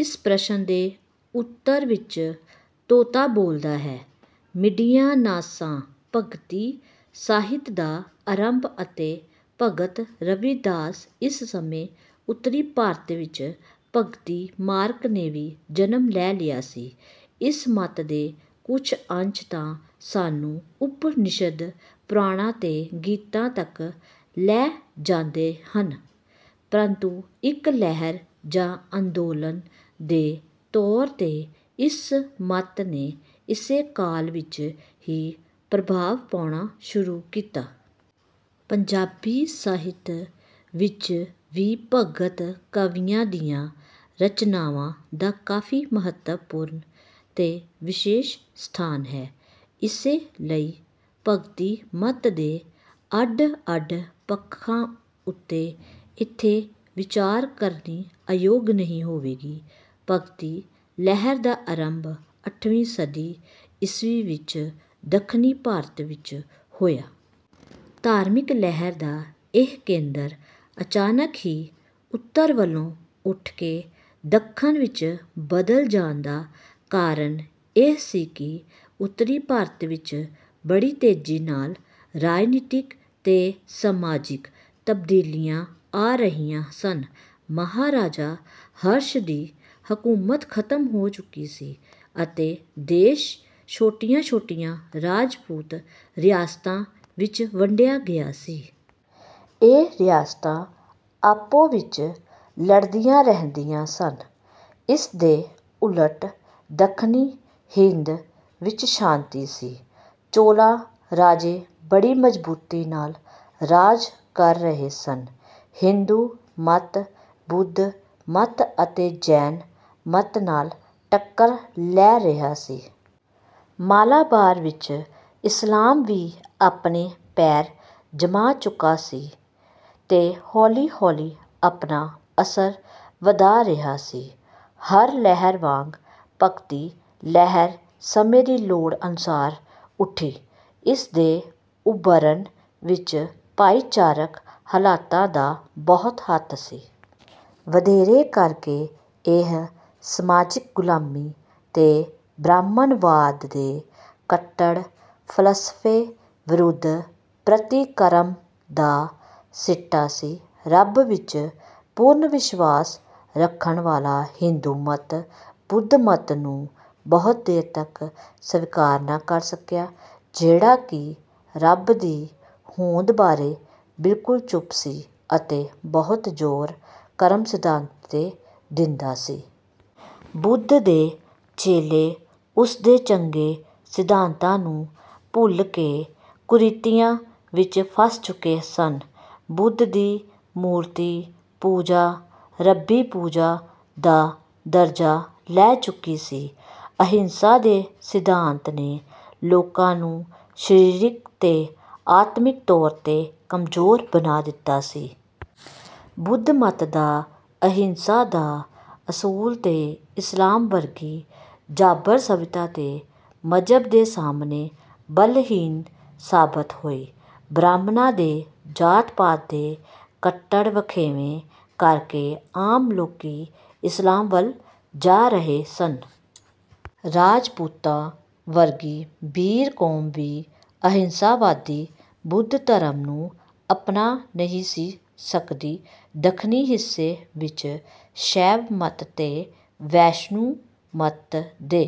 ਇਸ ਪ੍ਰਸ਼ਨ ਦੇ ਉੱਤਰ ਵਿੱਚ ਤੋਤਾ ਬੋਲਦਾ ਹੈ ਮਿੱਡੀਆਂ ਨਾਸਾ। ਭਗਤੀ ਸਾਹਿਤ ਦਾ ਆਰੰਭ ਅਤੇ ਭਗਤ ਰਵੀਦਾਸ ਇਸ ਸਮੇਂ ਉੱਤਰੀ ਭਾਰਤ ਵਿੱਚ ਭਗਤੀ ਮਾਰਗ ਨੇ ਵੀ ਜਨਮ ਲੈ ਲਿਆ ਸੀ। ਇਸ ਮੱਤ ਦੇ ਕੁਝ ਅੰਸ਼ ਤਾਂ ਸਾਨੂੰ ਉਪਨਿਸ਼ਦ ਪੁਰਾਣਾਂ ਤੇ ਗੀਤਾ ਤੱਕ ਲੈ ਜਾਂਦੇ ਹਨ ਪ੍ਰਤੂੰ ਇੱਕ ਲਹਿਰ ਜਾਂ ਅੰਦੋਲਨ ਦੇ ਤੌਰ ਤੇ ਇਸ ਮੱਤ ਨੇ ਇਸੇ ਕਾਲ ਵਿੱਚ ਹੀ ਪ੍ਰਭਾਵ ਪਾਉਣਾ ਸ਼ੁਰੂ ਕੀਤਾ। ਪੰਜਾਬੀ ਸਾਹਿਤ ਵਿੱਚ ਵੀ ਭਗਤ ਕਵੀਆਂ ਦੀਆਂ ਰਚਨਾਵਾਂ ਦਾ ਕਾਫ਼ੀ ਮਹੱਤਵਪੂਰਨ ਤੇ ਵਿਸ਼ੇਸ਼ ਸਥਾਨ ਹੈ। ਇਸੇ ਲਈ ਭਗਤੀ ਮੱਤ ਦੇ ਅੱਡ ਅੱਡ ਪੱਖਾਂ ਉੱਤੇ ਇੱਥੇ ਵਿਚਾਰ ਕਰਨੀ ਅਯੋਗ ਨਹੀਂ ਹੋਵੇਗੀ। ਭਗਤੀ ਲਹਿਰ ਦਾ ਆਰੰਭ ਅੱਠਵੀਂ ਸਦੀ ਈਸਵੀ ਵਿੱਚ ਦੱਖਣੀ ਭਾਰਤ ਵਿੱਚ ਹੋਇਆ। ਧਾਰਮਿਕ ਲਹਿਰ ਦਾ ਇਹ ਕੇਂਦਰ ਅਚਾਨਕ ਹੀ ਉੱਤਰ ਵੱਲੋਂ ਉੱਠਕੇ ਦੱਖਣ ਵਿੱਚ ਬਦਲ ਜਾਣ ਦਾ ਕਾਰਨ ਇਹ ਸੀ ਕਿ ਉੱਤਰੀ ਭਾਰਤ ਵਿੱਚ ਬੜੀ ਤੇਜ਼ੀ ਨਾਲ ਰਾਜਨੀਤਕ ਤੇ ਸਮਾਜਿਕ ਤਬਦੀਲੀਆਂ ਆ ਰਹੀਆਂ ਸਨ। ਮਹਾਰਾਜਾ ਹਰਸ਼ ਦੀ ਹਕੂਮਤ ਖ਼ਤਮ ਹੋ ਚੁੱਕੀ ਸੀ ਅਤੇ ਦੇਸ਼ ਛੋਟੀਆਂ ਛੋਟੀਆਂ ਰਾਜਪੂਤ ਰਿਆਸਤਾਂ ਵਿੱਚ ਵੰਡਿਆ ਗਿਆ ਸੀ। ਇਹ ਰਿਆਸਤਾਂ ਆਪੋ ਵਿੱਚ ਲੜਦੀਆਂ ਰਹਿੰਦੀਆਂ ਸਨ। ਇਸ ਦੇ ਉਲਟ ਦੱਖਣੀ ਹਿੰਦ ਵਿੱਚ ਸ਼ਾਂਤੀ ਸੀ। ਚੋਲਾ ਰਾਜੇ ਬੜੀ ਮਜ਼ਬੂਤੀ ਨਾਲ ਰਾਜ ਕਰ ਰਹੇ ਸਨ। ਹਿੰਦੂ ਮੱਤ ਬੁੱਧ ਮੱਤ ਅਤੇ ਜੈਨ ਮੱਤ ਨਾਲ ਟੱਕਰ ਲੈ ਰਿਹਾ ਸੀ। ਮਾਲਾਬਾਰ ਵਿੱਚ ਇਸਲਾਮ ਵੀ ਆਪਣੇ ਪੈਰ ਜਮਾ ਚੁੱਕਾ ਸੀ ਤੇ ਹੌਲੀ ਹੌਲੀ ਆਪਣਾ ਅਸਰ ਵਧਾ ਰਿਹਾ ਸੀ। ਹਰ ਲਹਿਰ ਵਾਂਗ ਭਗਤੀ ਲਹਿਰ ਸਮੇਂ ਦੀ ਲੋੜ ਅਨੁਸਾਰ ਉੱਠੀ। ਇਸ ਦੇ ਉਭਰਨ ਵਿੱਚ ਭਾਈਚਾਰਕ ਹਲਾਤਾਂ ਦਾ ਬਹੁਤ ਹੱਥ ਸੀ। ਵਧੇਰੇ ਕਰ ਕੇ ਇਹ ਸਮਾਜਿਕ ਗ਼ੁਲਾਮੀ ਤੇ ਬ੍ਰਾਹਮਣਵਾਦ ਦੇ ਕੱਟੜ ਫ਼ਲਸਫੇ ਵਿਰੁੱਧ ਪ੍ਰਤੀਕਰਮ ਦਾ ਸਿੱਟਾ ਸੀ। ਰੱਬ ਵਿੱਚ ਪੂਰਨ ਵਿਸ਼ਵਾਸ ਰੱਖਣ ਵਾਲਾ ਹਿੰਦੂ ਮੱਤ ਬੁੱਧ ਮੱਤ ਨੂੰ ਬਹੁਤ ਦੇਰ ਤੱਕ ਸਵੀਕਾਰ ਨਾ ਕਰ ਸਕਿਆ ਜਿਹੜਾ ਕਿ ਰੱਬ ਦੀ ਹੋਂਦ ਬਾਰੇ ਬਿਲਕੁਲ ਚੁੱਪ ਸੀ ਅਤੇ ਬਹੁਤ ਜ਼ੋਰ ਕਰਮ ਸਿਧਾਂਤ ਤੇ ਦਿੰਦਾ ਸੀ। ਬੁੱਧ ਦੇ ਚੇਲੇ ਉਸ ਦੇ ਚੰਗੇ ਸਿਧਾਂਤਾਂ ਨੂੰ ਭੁੱਲਕੇ ਕੁਰੀਤੀਆਂ ਵਿੱਚ ਫਸ ਚੁੱਕੇ ਸਨ। ਬੁੱਧ ਦੀ ਮੂਰਤੀ ਪੂਜਾ ਰੱਬੀ ਪੂਜਾ ਦਾ ਦਰਜਾ ਲੈ ਚੁੱਕੀ ਸੀ। ਅਹਿੰਸਾ ਦੇ ਸਿਧਾਂਤ ਨੇ ਲੋਕਾਂ ਨੂੰ ਸਰੀਰਕ ਤੇ ਆਤਮਿਕ ਤੌਰ ਤੇ ਕਮਜ਼ੋਰ ਬਣਾ ਦਿੱਤਾ ਸੀ। ਬੁੱਧ ਮੱਤ ਦਾ ਅਹਿੰਸਾ ਦਾ ਅਸੂਲ ਤੇ ਇਸਲਾਮ ਵਰਗੀ ਜਾਬਰ ਸੱਭਿਅਤਾ ਤੇ ਮਜ਼੍ਹਬ ਦੇ ਸਾਹਮਣੇ ਬਲਹੀਣ ਸਾਬਤ ਹੋਈ। ਬ੍ਰਾਹਮਣਾਂ ਦੇ ਜਾਤ ਪਾਤ ਦੇ ਕੱਟੜ ਵਖੇਵੇਂ ਕਰ ਕੇ ਆਮ ਲੋਕੀ ਇਸਲਾਮ ਵੱਲ ਜਾ ਰਹੇ ਸਨ। ਰਾਜਪੂਤਾਂ ਵਰਗੀ ਬੀਰ ਕੌਮ ਵੀ ਅਹਿੰਸਾ ਵਾਦੀ ਬੁੱਧ ਧਰਮ ਨੂੰ ਅਪਣਾ ਨਹੀਂ ਸੀ ਸਕਦੀ। ਦੱਖਣੀ ਹਿੱਸੇ ਵਿੱਚ ਸ਼ੈਵ ਮੱਤ ਤੇ ਵੈਸ਼ਨੂੰ ਮੱਤ ਦੇ